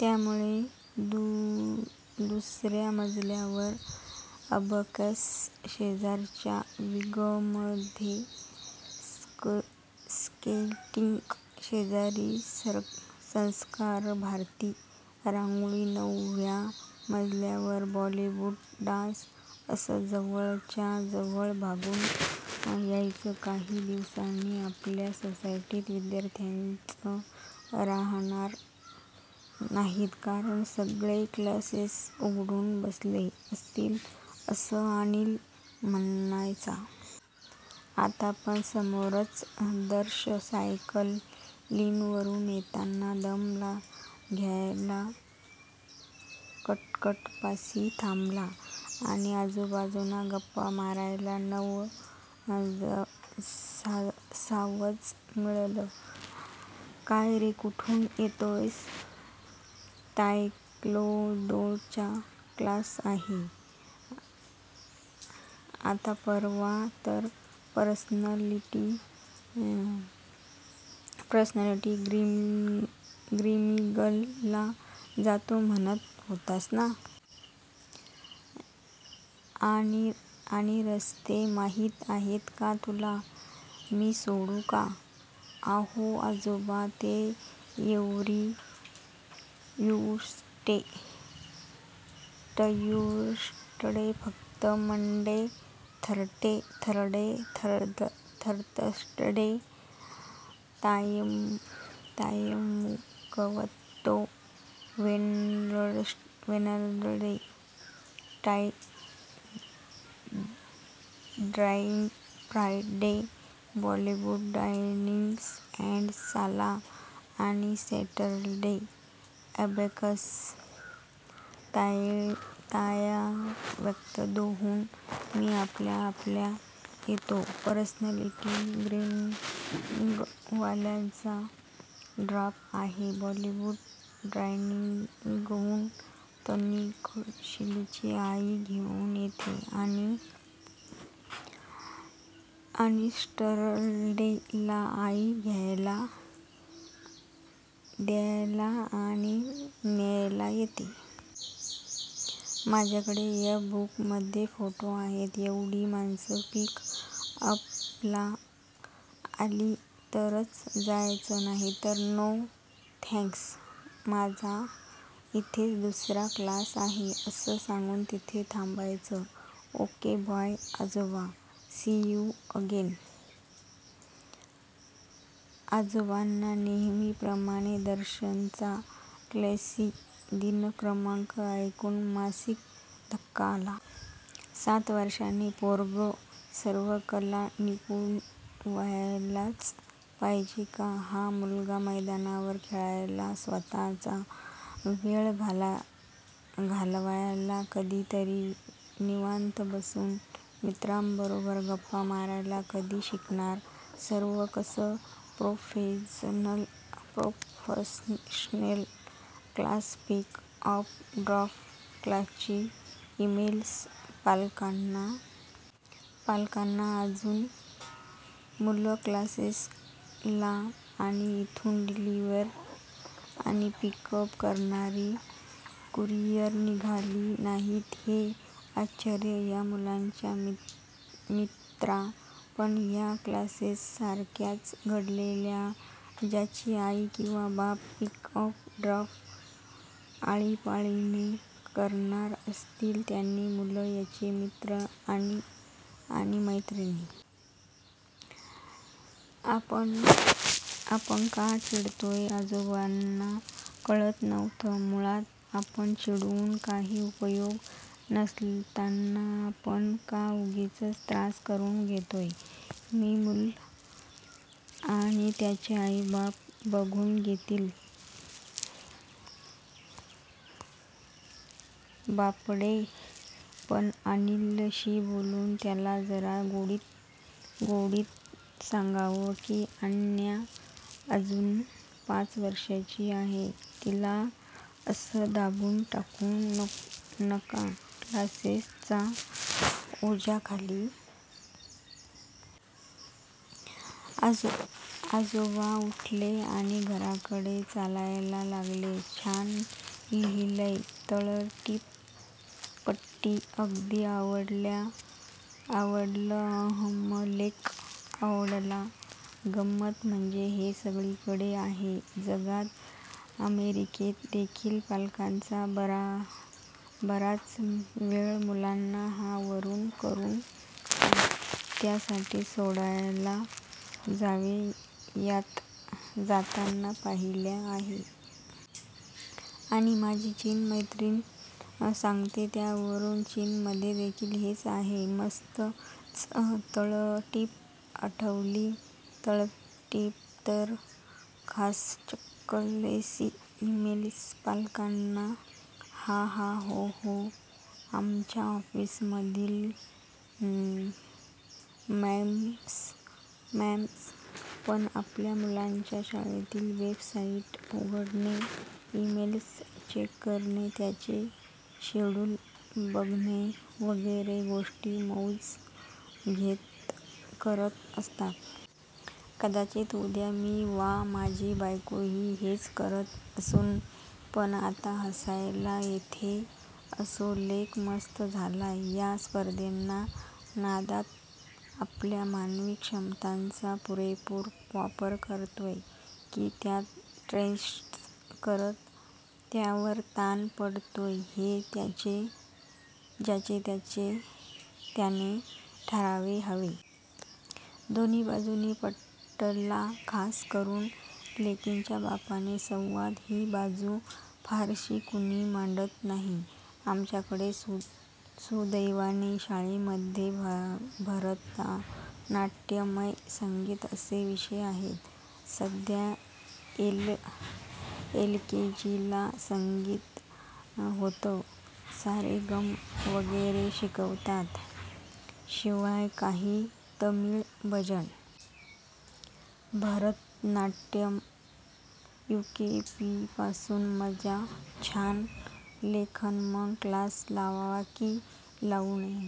त्यामुळे दुसर्या मजल्यावर अबॅकस, शेजारच्या विंगमध्ये स्केटिंग, शेजारी संस्कारभारती रांगोळी, नऊव्या मजल्यावर "बॉलीवूड डान्स" असं जवळच्या जवळ भागून जायचं. "काही दिवसांनी आपल्या सोसायटीत विद्यार्थीच राहणार नाहीत कारण सगळे क्लासेस उघडून बसलेले असतील" असं अनिल म्हणायचाच. आता पण समोरचा दर्श सायकलीवरुन येताना दम खायला कट्ट्यापाशी थांबला आणि आजोबांना गप्पा मारायला नवं सावज मिळालं. "काय रे कुठून येतोयस? " "तायक्वांदोचा क्लास आहे. " "आता परवा तर पर्सनॅलिटी ग्रूमिंगला जातो म्हणत होतास ना? आणि रस्ते माहित आहेत का तुला? मी सोडू का? " "ओह आजोबा, ते एव्हरी ट्युसडे फक्त. Monday, Thursday taekwondo, Wednesday drawing, Friday Bollywood dancing and salsa, आणि सॅटरडे अबॅकस. तायक्वांदोहून मी आपला आपला येतो, पर्सनॅलिटी ग्रूमिंगवाल्यांचा ड्रॉप आहे, बॉलीवूड डान्सिंगहून तनिश्काची आई घेऊन येते, आणि सॅटरडे ला आई घ्यायला आणि न्यायला येते. माझ्याकडे या बुक मध्ये फोटो आहेत तेवढी माणसं पिक अप ला आली तरच जायचं नाहीतर "नो, थॅंक्स, माझा इथेच दुसरा क्लास आहे" असं सांगून तिथेच थांबायचं. ओके बाय आजोबा!! See you again! " आजोबांना नेहमीप्रमाणे दर्शचा 'क्लासी' दिनक्रम ऐकून मानसिक थकवा आला. "सात वर्षाचं पोरगं सर्वकला निपुण व्हायलाच पाहिजे का? हा मुलगा मैदानावर खेळायला, स्वतःचा वेळ घालवायला, कधीतरी निवांत बसून मित्रांबरोबर गप्पा मारायला कधी शिकणार? सर्व कसं professional. Class, pick up, drop, क्लासची इमेल्स पालकांना. अजून मुलं क्लासेस ला आणि तिथून डिलीव्हर आणि पिक अप करणारी कुरियर निघाली नाहीत हे आश्चर्य. या मुलांच्या मैत्र्या पण या क्लासेस सारख्याच घडवलेल्या. ज्याची आई किंवा बाप पिक अप ड्रॉप आळीपाळीने करणार असतील त्यांची मुलं यांचे मित्र आणि मैत्रिणी. " आपण का चिडतोय आजोबांना कळत नव्हतं. मुळात आपण चिडून काही उपयोग नसताना आपण का उगीचच त्रास करुन घेतोय? ती मुलं आणि त्यांचे आईबाप बघून घेतील बापडे. पण अनिलशी बोलून त्याला जरा गोडीत सांगावं की आन्या अजून पाच वर्षांचीच आहे, तिला असं दाबून टाकू नका क्लासेस च्या ओझ्याखाली. आजोबा उठले आणि घराकडे चालयाला लागले. छान लिहीलयं. तळटीप पटली अगदी. आवडलंह्म्मलेख आवडला. गंमत म्हणजे हे सगळीकडे आहे जगात! अमेरिकेत देखिल पालकांचा बराचवेळ मुलांना ह्या वरून करून त्या साठी सोडायला जाणे ह्यात जाताना पाहिला आहे! आणि माझी चीनी मैत्रीण सांगते त्यावरून चीनमधे देखिल हेच आहे! मस्तंचतळटीप आवडली. तळटीप तर खासचक्लासची इमेल्स पालकांना. >> हा हा, हो. आमच्या ऑफिसमधील मॉम्स पण आपल्या मुलांच्या शाळेची वेबसाईट उघडणे, इमेल्स चेक करणे, त्याचे शेडुल बघणे वगैरे गोष्टी मौज घेत करत असतात. कदाचित उद्या मी वा माझी बायकोही हेच करत असू पण आता हसायला येतेअसो, लेख मस्त झालाय.. या स्पर्धेच्या नादात आपण मानवी क्षमतांचा पुरेपूर वापर करतोय की त्या स्ट्रेच करत त्यावर ताण पाडतोय हे ज्याचे त्याने ठरवायला हवे. दोन्ही बाजूंनी पटला. खास करून लेकीच्या बाबाचे संवाद!! ही बाजू फारशी कुणी मांडत नाही. आमच्याकडे सुदैवाने शाळेमध्येच भरतनाट्यम, संगीत असे विषय आहेत. सध्या एलकेजीला संगीत होतं. सारेगम वगैरे शिकवतात. शिवाय काही तमिळ भजनं. भरतनाट्यम युकेजीपासून. मज्जा!!! छान लेखन! मग क्लास लावावा की लावु नये?